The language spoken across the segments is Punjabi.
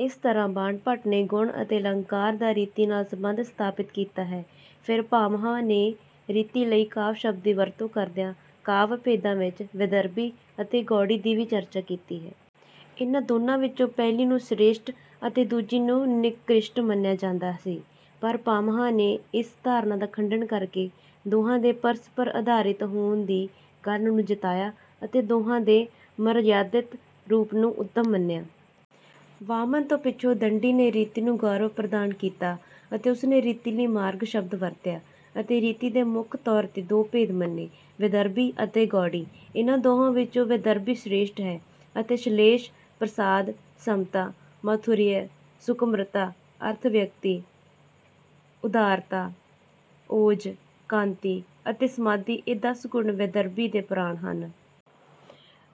ਇਸ ਤਰ੍ਹਾਂ ਬਾਣਭੱਟ ਨੇ ਗੁਣ ਅਤੇ ਅਲੰਕਾਰ ਦਾ ਰੀਤੀ ਨਾਲ ਸਬੰਧ ਸਥਾਪਿਤ ਕੀਤਾ ਹੈ। ਫਿਰ ਭਾਮਹ ਨੇ ਰੀਤੀ ਲਈ ਕਾਵਿ ਸ਼ਬਦ ਦੀ ਵਰਤੋਂ ਕਰਦਿਆਂ ਕਾਵਿ ਭੇਦਾਂ ਵਿੱਚ ਵੈਦਰਭੀ ਅਤੇ ਗੌੜੀ ਦੀ ਵੀ ਚਰਚਾ ਕੀਤੀ ਹੈ। ਇਨ੍ਹਾਂ ਦੋਨਾਂ ਵਿੱਚੋਂ ਪਹਿਲੀ ਨੂੰ ਸ੍ਰੇਸ਼ਟ ਅਤੇ ਦੂਜੀ ਨੂੰ ਨਿਕ੍ਰਿਸ਼ਟ ਮੰਨਿਆ ਜਾਂਦਾ ਸੀ, ਪਰ ਭਾਮਹ ਨੇ ਇਸ ਧਾਰਨਾ ਦਾ ਖੰਡਨ ਕਰਕੇ ਦੋਹਾਂ ਦੇ ਪਰਸਪਰ ਅਧਾਰਿਤ ਹੋਣ ਦੀ ਗੱਲ ਨੂੰ ਜਤਾਇਆ ਅਤੇ ਦੋਹਾਂ ਦੇ ਮਰਯਾਦਿਤ ਰੂਪ ਨੂੰ ਉੱਤਮ ਮੰਨਿਆ। ਵਾਮਨ ਤੋਂ ਪਿੱਛੋਂ ਦੰਡੀ ਨੇ ਰੀਤੀ ਨੂੰ ਗੌਰਵ ਪ੍ਰਦਾਨ ਕੀਤਾ। ਉਸਨੇ ਰੀਤੀ ਲਈ 'ਮਾਰਗ' ਸ਼ਬਦ ਵਰਤਿਆ ਅਤੇ ਰੀਤੀ ਦੇ ਮੁੱਖ ਤੌਰ 'ਤੇ ਦੋ ਭੇਦ ਮੰਨੇ - ਵੈਦਰਭੀ ਅਤੇ ਗੌੜੀ। ਇਨ੍ਹਾਂ ਦੋਹਾਂ ਵਿੱਚੋਂ ਵੈਦਰਭੀ ਸ੍ਰੇਸ਼ਠ ਹੈ ਅਤੇ ਸ਼ਲੇਸ਼, ਪ੍ਰਸਾਦ, ਸਮਤਾ, ਮਾਧੁਰਯ, ਸੁਕੁਮਾਰਤਾ, ਅਰਥ-ਵਿਅਕਤੀ, ਉਦਾਰਤਾ, ਓਜ, ਕਾਂਤੀ ਅਤੇ ਸਮਾਧੀ ਇਹ ਦਸ ਗੁਣ ਵੈਦਰਭੀ ਦੇ ਪ੍ਰਾਣ ਹਨ।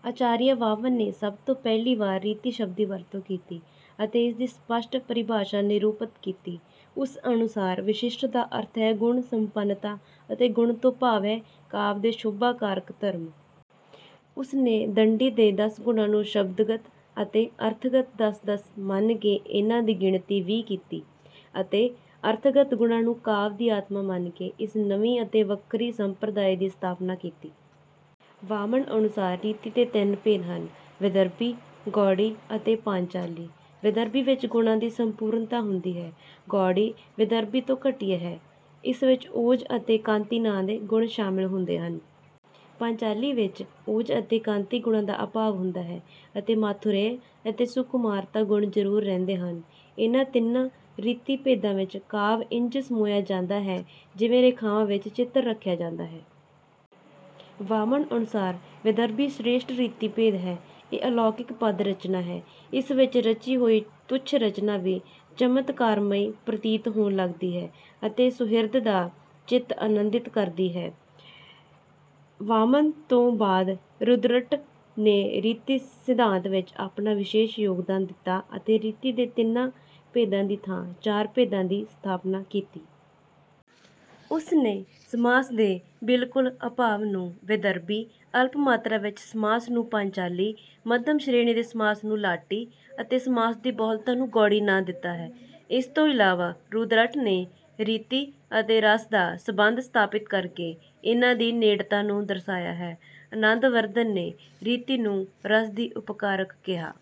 ਆਚਾਰੀਆ ਵਾਮਨ ਨੇ ਸਭ ਤੋਂ ਪਹਿਲੀ ਵਾਰ ਰੀਤੀ ਸ਼ਬਦ ਦੀ ਵਰਤੋਂ ਕੀਤੀ ਅਤੇ ਇਸ ਦੀ ਸਪੱਸ਼ਟ ਪਰਿਭਾਸ਼ਾ ਨਿਰੂਪਿਤ ਕੀਤੀ। ਉਸ ਅਨੁਸਾਰ ਵਿਸ਼ਿਸ਼ਟ ਦਾ ਅਰਥ ਹੈ ਗੁਣ-ਸੰਪੰਨਤਾ ਅਤੇ ਗੁਣ ਤੋਂ ਭਾਵ ਹੈ ਕਾਵਿ ਦੇ ਸ਼ੋਭਾ-ਕਾਰਕ ਧਰਮ। ਉਸਨੇ ਦੰਡੀ ਦੇ ਦਸ ਗੁਣਾਂ ਨੂੰ ਸ਼ਬਦਗਤ ਅਤੇ ਅਰਥਗਤ ਦਸ-ਦਸ ਮੰਨ ਕੇ ਇਨ੍ਹਾਂ ਦੀ ਗਿਣਤੀ ਵੀਹ ਕੀਤੀ ਅਤੇ ਅਰਥਗਤ ਗੁਣਾਂ ਨੂੰ ਕਾਵਿ ਦੀ ਆਤਮਾ ਮੰਨ ਕੇ ਇਸ ਨਵੀਂ ਅਤੇ ਵੱਖਰੀ ਸੰਪ੍ਰਦਾਇ ਦੀ ਸਥਾਪਨਾ ਕੀਤੀ। ਵਾਮਨ ਅਨੁਸਾਰ ਰੀਤੀ ਦੇ ਤਿੰਨ ਭੇਦ ਹਨ - ਵੈਦਰਭੀ, ਗੌੜੀ ਅਤੇ ਪਾਂਚਾਲੀ। ਵੈਦਰਭੀ ਵਿੱਚ ਗੁਣਾਂ ਦੀ ਸੰਪੂਰਨਤਾ ਹੁੰਦੀ ਹੈ। ਗੌੜੀ ਵੈਦਰਭੀ ਤੋਂ ਘਟੀਆ ਹੈ। ਇਸ ਵਿੱਚ ਓਜ ਅਤੇ ਕਾਂਤੀ ਨਾਂ ਦੇ ਗੁਣ ਸ਼ਾਮਲ ਹੁੰਦੇ ਹਨ। ਪਾਂਚਾਲੀ ਵਿੱਚ ਓਜ ਅਤੇ ਕਾਂਤੀ ਗੁਣਾਂ ਦਾ ਅਭਾਵ ਹੁੰਦਾ ਹੈ ਅਤੇ ਮਾਧੁਰਯ ਤੇ ਸੁਕੁਮਾਰਤਾ ਗੁਣ ਜ਼ਰੂਰ ਰਹਿੰਦੇ ਹਨ। ਇਨ੍ਹਾਂ ਤਿੰਨਾਂ ਰੀਤੀ ਭੇਦਾਂ ਵਿੱਚ ਕਾਵਿ ਇੰਜ ਸਮੋਇਆ ਜਾਂਦਾ ਹੈ ਜਿਵੇਂ ਰੇਖਾਵਾਂ ਵਿੱਚ ਚਿੱਤਰ ਰੱਖਿਆ ਜਾਂਦਾ ਹੈ। ਵਾਮਨ ਅਨੁਸਾਰ ਵੈਦਰਭੀ ਸ੍ਰੇਸ਼ਟ ਰੀਤੀ ਭੇਦ ਹੈ। ਇਹ ਅਲੌਕਿਕ ਪਦ-ਰਚਨਾ ਹੈ। ਇਸ ਵਿੱਚ ਰਚੀ ਹੋਈ ਤੁੱਛ ਰਚਨਾ ਵੀ ਚਮਤਕਾਰਮਈ ਪ੍ਰਤੀਤ ਹੋਣ ਲੱਗਦੀ ਹੈ ਅਤੇ ਸੁਹਿਰਦ ਦਾ ਚਿੱਤ ਆਨੰਦਿਤ ਕਰਦੀ ਹੈ। ਵਾਮਨ ਤੋਂ ਬਾਅਦ ਰੁਦ੍ਰਟ ਨੇ ਰੀਤੀ ਸਿਧਾਂਤ ਵਿੱਚ ਆਪਣਾ ਵਿਸ਼ੇਸ਼ ਯੋਗਦਾਨ ਦਿੱਤਾ ਅਤੇ ਰੀਤੀ ਦੇ ਤਿੰਨ ਭੇਦਾਂ ਦੀ ਥਾਂ ਚਾਰ ਭੇਦਾਂ ਦੀ ਸਥਾਪਨਾ ਕੀਤੀ। ਉਸਨੇ ਸਮਾਸ ਦੇ ਬਿਲਕੁਲ ਅਭਾਵ ਨੂੰ ਵੈਦਰਭੀ, ਅਲਪ ਮਾਤਰਾ ਵਿੱਚ ਸਮਾਸ ਨੂੰ ਪਾਂਚਾਲੀ, ਮੱਧਮ ਸ਼੍ਰੇਣੀ ਦੇ ਸਮਾਸ ਨੂੰ ਲਾਟੀ ਅਤੇ ਸਮਾਸ ਦੀ ਬਹੁਲਤਾ ਨੂੰ ਗੌੜੀ ਨਾਂ ਦਿੱਤਾ ਹੈ। ਇਸ ਤੋਂ ਇਲਾਵਾ ਰੁਦ੍ਰਟ ਨੇ ਰੀਤੀ ਅਤੇ ਰਸ ਦਾ ਸਬੰਧ ਸਥਾਪਿਤ ਕਰਕੇ ਇਨ੍ਹਾਂ ਦੀ ਨੇੜਤਾ ਨੂੰ ਦਰਸਾਇਆ ਹੈ। ਆਨੰਦਵਰਧਨ ਨੇ ਰੀਤੀ ਨੂੰ ਰਸ ਦੀ ਉਪਕਾਰਕ ਕਿਹਾ।